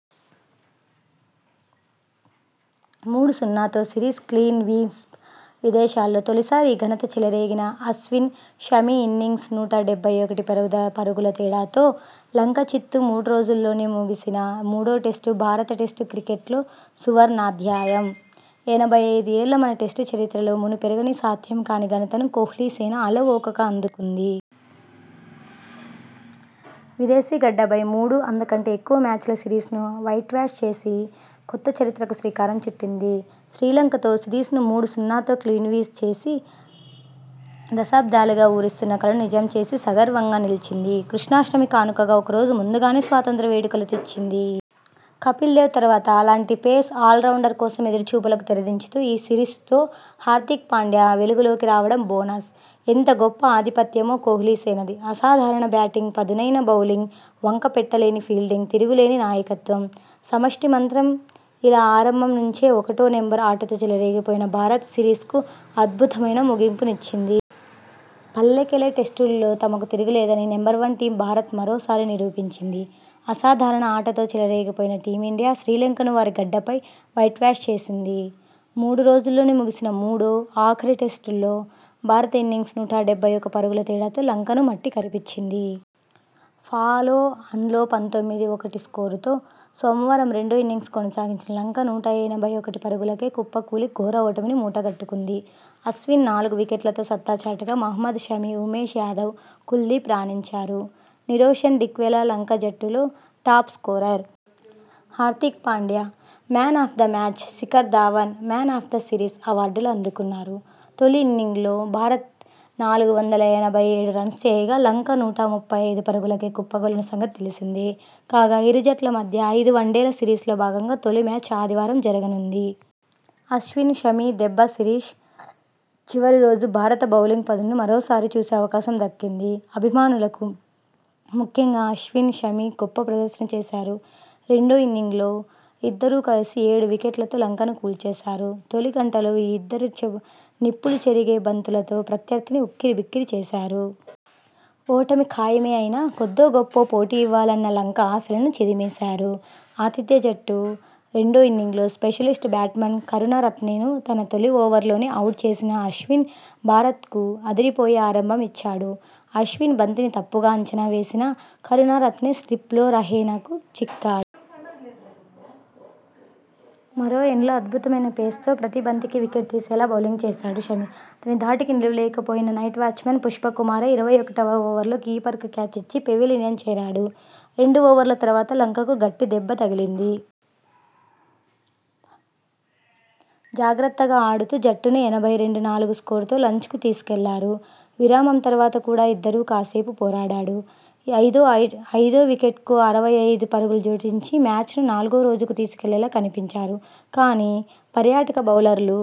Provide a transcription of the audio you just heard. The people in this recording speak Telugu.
మూడు సున్నాతో సిరీస్ క్లీన్స్వీప్ విదేశాల్లో తొలిసారి ఈ ఘనత చెలరేగిన అశ్విన్, షమి ఇన్నింగ్స్ నూట డెబ్బై ఒకటి పరుగుల తేడాతో లంక చిత్తు మూడ్రోజుల్లోనే ముగిసిన మూడో టెస్టు భారత టెస్టు క్రికెట్లో సువర్ణాధ్యాయం.! ఎనభై ఐదు ఏళ్ల మన టెస్టు చరిత్రలో మునుపెవరికీ సాథ్యం కాని ఘనతను కోహ్లీ సేన అలవోకగా అందుకుంది.! విదేశీ గడ్డపై మూడు అంతకంటే ఎక్కువ మ్యాచ్ల సిరీస్ను వైట్వాష్ చేసి కొత్త చరిత్రకు శ్రీకారం చుట్టింది.! శ్రీలంకతో సిరీస్ను మూడు సున్నాతో క్లీన్స్వీప్ చేసి దశాబ్దాలుగా ఊరిస్తున్న కలను నిజం చేసి సగర్వంగా నిలిచింది.! కృష్ణాష్టమి కానుకగా ఒక రోజు ముందుగానే స్వాతంత్య్ర వేడుకలు తెచ్చింది.! కపిల్దేవ్ తర్వాత అలాంటి పేస్ ఆల్రౌండర్ కోసం ఎదురు చూపులకు తెరదించుతూ ఈ సిరీస్తో హార్దిక్ పాండ్యా వెలుగులోకి రావడం బోనస్.! ఎంత గొప్ప ఆధిపత్యమో కోహ్లీ సేనది.! అసాధారణ బ్యాటింగ్ పదునైన బౌలింగ్ వంకపెట్టలేని ఫీల్డింగ్ తిరుగులేని నాయకత్వం. సమష్టి మంత్రం ఇలా ఆరంభం నుంచే ఒకటో నెంబర్ ఆటతో చెలరేగిపోయిన భారత్ సిరీస్కు అద్భుతమైన ముగింపునిచ్చింది.! పల్లెకెలె టెస్టుల్లో తమకు తిరుగేలేదని నెంబర్ వన్ టీమ్ భారత్ మరోసారి నిరూపించింది. అసాధారణ ఆటతో చెలరేగిపోయిన టీమిండియా శ్రీలంకను వారి గడ్డపై వైట్వాష్ చేసింది. మూడు రోజుల్లోనే ముగిసిన మూడో, ఆఖరి టెస్టులో భారత్ ఇన్నింగ్స్ నూట డెబ్బై ఒకటి పరుగుల తేడాతో లంకను మట్టికరిపించింది. ఫాలో ఆన్లో పంతొమ్మిది ఒకటి స్కోరుతో సోమవారం రెండో ఇన్నింగ్స్ కొనసాగించిన లంక నూట ఎనభై ఒకటి పరుగులకే కుప్పకూలి ఘోర ఓటమిని మూటగట్టుకుంది. అశ్విన్ నాలుగు వికెట్లతో సత్తా చాటగా మహ్మద్ షమి, ఉమేష్ యాదవ్, కుల్దీప్ రాణించారు. నిరోషన్ డిక్వెలా లంక జట్టులో top scorer. Hardik Pandya 'man of the match', Shikhar Dhawan 'man of the series' అవార్డులు అందుకున్నారు. తొలి ఇన్నింగ్స్లో భారత్ నాలుగు వందల ఎనభై ఏడు రన్స్ చేయగా, లంక నూట ముప్పై ఐదు పరుగులకే కుప్పకూలిన సంగతి తెలిసిందే. కాగా, ఇరు జట్ల మధ్య ఐదు వన్డేల సిరీస్లో భాగంగా తొలి మ్యాచ్ ఆదివారం జరగనుంది. అశ్విన్, షమి దెబ్బ సిరీస్ చివరి రోజు భారత బౌలింగ్ పదునును మరోసారి చూసే అవకాశం దక్కింది అభిమానులకు. ముఖ్యంగా అశ్విన్, షమి గొప్ప ప్రదర్శన చేశారు. రెండో ఇన్నింగ్స్లో ఇద్దరూ కలిపి ఏడు వికెట్లతో లంకను కూల్చేశారు. తొలి గంటలో ఈ ఇద్దరు నిప్పులు చెరిగే బంతు లతో ప్రత్యర్థిని ఉక్కిరి బిక్కిరి చేసేశారు. ఓటమి ఖాయమే అయినా కొద్దో గొప్పో పోటీ ఇవ్వాలన్న లంక ఆశలను చిదిమేశారు. ఆతిథ్య జట్టు రెండో ఇన్నింగ్స్లో స్పెషలిస్ట్ బ్యాట్స్మన్ కరుణ రత్నెను తన తొలి ఓవర్లోనే అవుట్ చేసిన అశ్విన్ భారత్కు అదిపోయే ఆరంభం ఇచ్చాడు. అశ్విన్ బంతిని తప్పుగా అంచనా వేసిన కరుణ రత్నె స్లిప్లో రహానెకు చిక్కాడు. మరో ఎండ్లో అద్భుతమైన పేస్తో ప్రతీ బంతికి వికెట్ తీసేలా బౌలింగ్ చేశాడు షమి. అతని ధాటికి నిలువ లేకపోయిన నైట్ వాచ్మన్ పుష్పకుమార ఇరవై ఒకటివ ఓవర్లో కీపర్కు క్యాచ్ ఇచ్చి పెవిలియన్ చేరాడు. రెండు ఓవర్ల తర్వాత లంకకు గట్టి దెబ్బ తగిలింది. జాగ్రత్తగా ఆడుతూ జట్టును ఎనభై రెండు నాలుగు స్కోరుతో లంచ్కు తీసుకెళ్లారు. విరామం తర్వాత కూడా ఇద్దరూ కాసేపు పోరాడారు. ఐదో వికెట్కు అరవై ఐదు పరుగులు జోడించి మ్యాచ్ను నాలుగో రోజుకు తీసుకెళ్లేలా కనిపించారు. కానీ, పర్యాటక బౌలర్లు